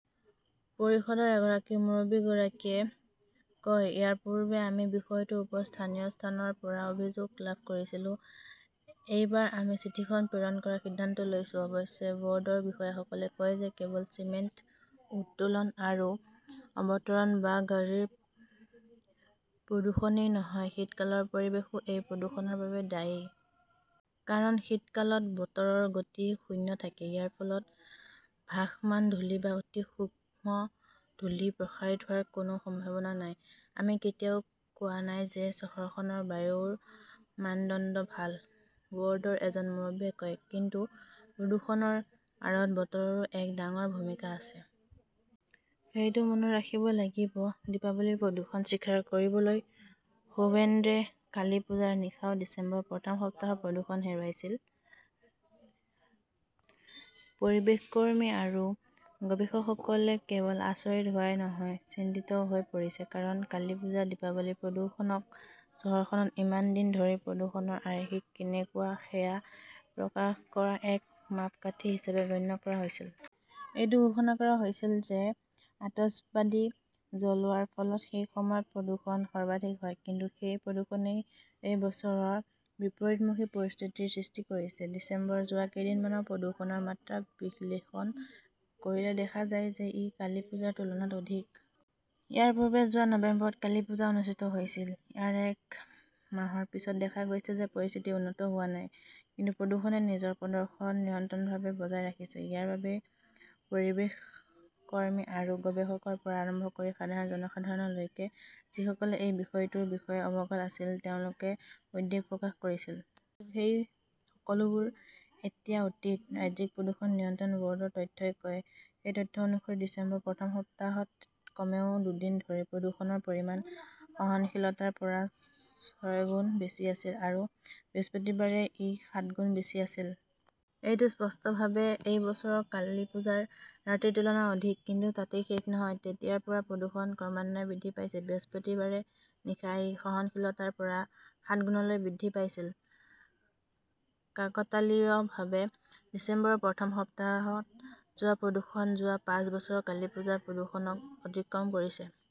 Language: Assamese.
পৰিষদৰ এগৰাকী মুৰব্বীগৰাকীয়ে কয়, "ইয়াৰ পূৰ্বে আমি বিষয়টোৰ ওপৰত স্থানীয় স্থানৰ পৰা অভিযোগ লাভ কৰিছিলোঁ। এইবাৰ আমি চিঠিখন প্ৰেৰণ কৰাৰ সিদ্ধান্ত লৈছোঁ"। অৱশ্যে, ব'ৰ্ডৰ বিষয়াসকলে কয় যে, কেৱল চিমেণ্ট উত্তোলন আৰু অৱতৰণ বা গাড়ীৰ প্ৰদূষণেই নহয়, শীতকালৰ পৰিৱেশো এই প্ৰদূষণৰ বাবে দায়ী। কাৰণ শীতকালত বতাহৰ গতি শূন্য থাকে। ইয়াৰ ফলত ভাসমান ধূলি বা অতি সূক্ষ্ম ধূলি প্ৰসাৰিত হোৱাৰ কোনো সম্ভাৱনা নাই। "আমি কেতিয়াও কোৱা নাই যে চহৰখনৰ বায়ুৰ মানদণ্ড ভাল", বৰ্ডৰ এজন মুৰব্বীয়ে কয়। "কিন্তু প্ৰদূষণৰ আঁৰত বতৰৰো এক ডাঙৰ ভূমিকা আছে। সেইটোও মনত ৰাখিব লাগিব"। দীপাৱলী-প্ৰদূষণ স্বীকাৰ কৰিলে শুভেন্দ্ৰে কালী পুজাৰ নিশাও ডিচেম্বৰৰ প্ৰথম সপ্তাহৰ প্ৰদূষণ হেৰুৱাইছিল। পৰিৱেশকৰ্মী আৰু গৱেষকসকলে কেৱল আচৰিত হোৱাই নহয়, চিন্তিতও হৈ পৰিছে। কাৰণ, কালী পুজা-দীপাৱলীৰ প্ৰদূষণক চহৰখনত ইমান দিন ধৰি প্ৰদূষণৰ আৰ্হি কেনেকুৱা সেয়া প্ৰকাশ কৰাৰ এক মাপকাঠি হিচাপে গণ্য কৰা হৈছিল। এইটো ধাৰণা কৰা হৈছিল যে আতচবাজী জ্বলোৱাৰ ফলত সেই সময়ত প্ৰদূষণ সৰ্বাধিক হয়। কিন্তু সেই প্ৰদূষণেই এই বছৰ বিপৰীতমুখী পৰিস্থিতিৰ সৃষ্টি কৰিছে। ডিচেম্বৰৰ যোৱা কেইদিনমানৰ প্ৰদূষণৰ মাত্ৰা বিশ্লেষণ কৰিলে দেখা যায় যে, ই কালী পুজাৰ তুলনাত অধিক । ইয়াৰ পূৰ্বে যোৱা নৱেম্বৰত কালী পুজা অনুষ্ঠিত হৈছিল। ইয়াৰ এক মাহৰ পিছত দেখা গৈছে যে, পৰিস্থিতি উন্নত হোৱা নাই। কিন্তু প্ৰদূষণে নিজৰ প্ৰদৰ্শন নিৰন্তৰভাৱে বজাই ৰাখিছে। ইয়াৰ বাবেই পৰিৱেশকৰ্মী আৰু গৱেষকৰ পৰা আৰম্ভ কৰি সাধাৰণ জনসাধাৰণলৈকে, যিসকলে এই বিষয়টোৰ বিষয়ে অৱগত আছিল, তেওঁলোকে উদ্বেগ প্ৰকাশ কৰিছিল। কিন্তু সেই সকলোবোৰ এতিয়া অতীত, ৰাজ্যিক প্ৰদূষণ নিয়ন্ত্ৰণ বৰ্ডৰ তথ্যই কয়। সেই তথ্য অনুসৰি, ডিচেম্বৰৰ প্ৰথম সপ্তাহত কমেও দুদিন ধৰি প্ৰদূষণৰ পৰিমাণ সহনশীলতাৰ পৰা ছয়গুণ বেছি আছিল। আৰু বৃহস্পতিবাৰে ই সাতগুণ বেছি আছিল। এইটো স্পষ্টভাৱে এই বছৰৰ কালীপুজাৰ ৰাতিৰ তুলনাত অধিক। কিন্তু তাতেই শেষ নহয়। তেতিয়াৰ পৰা প্ৰদূষণ ক্ৰমান্বয়ে বৃদ্ধি পাইছে। বৃহস্পতিবাৰে নিশা ই সহনশীলতাৰ পৰা সাতগুণলৈ বৃদ্ধি পাইছিল। কাকতালীয়ভাৱে, ডিচেম্বৰৰ প্ৰথম সপ্তাহত হোৱা প্ৰদূষণে যোৱা পাঁচ বছৰৰ কালীপুজাৰ প্ৰদূষণক অতিক্ৰম কৰিছে।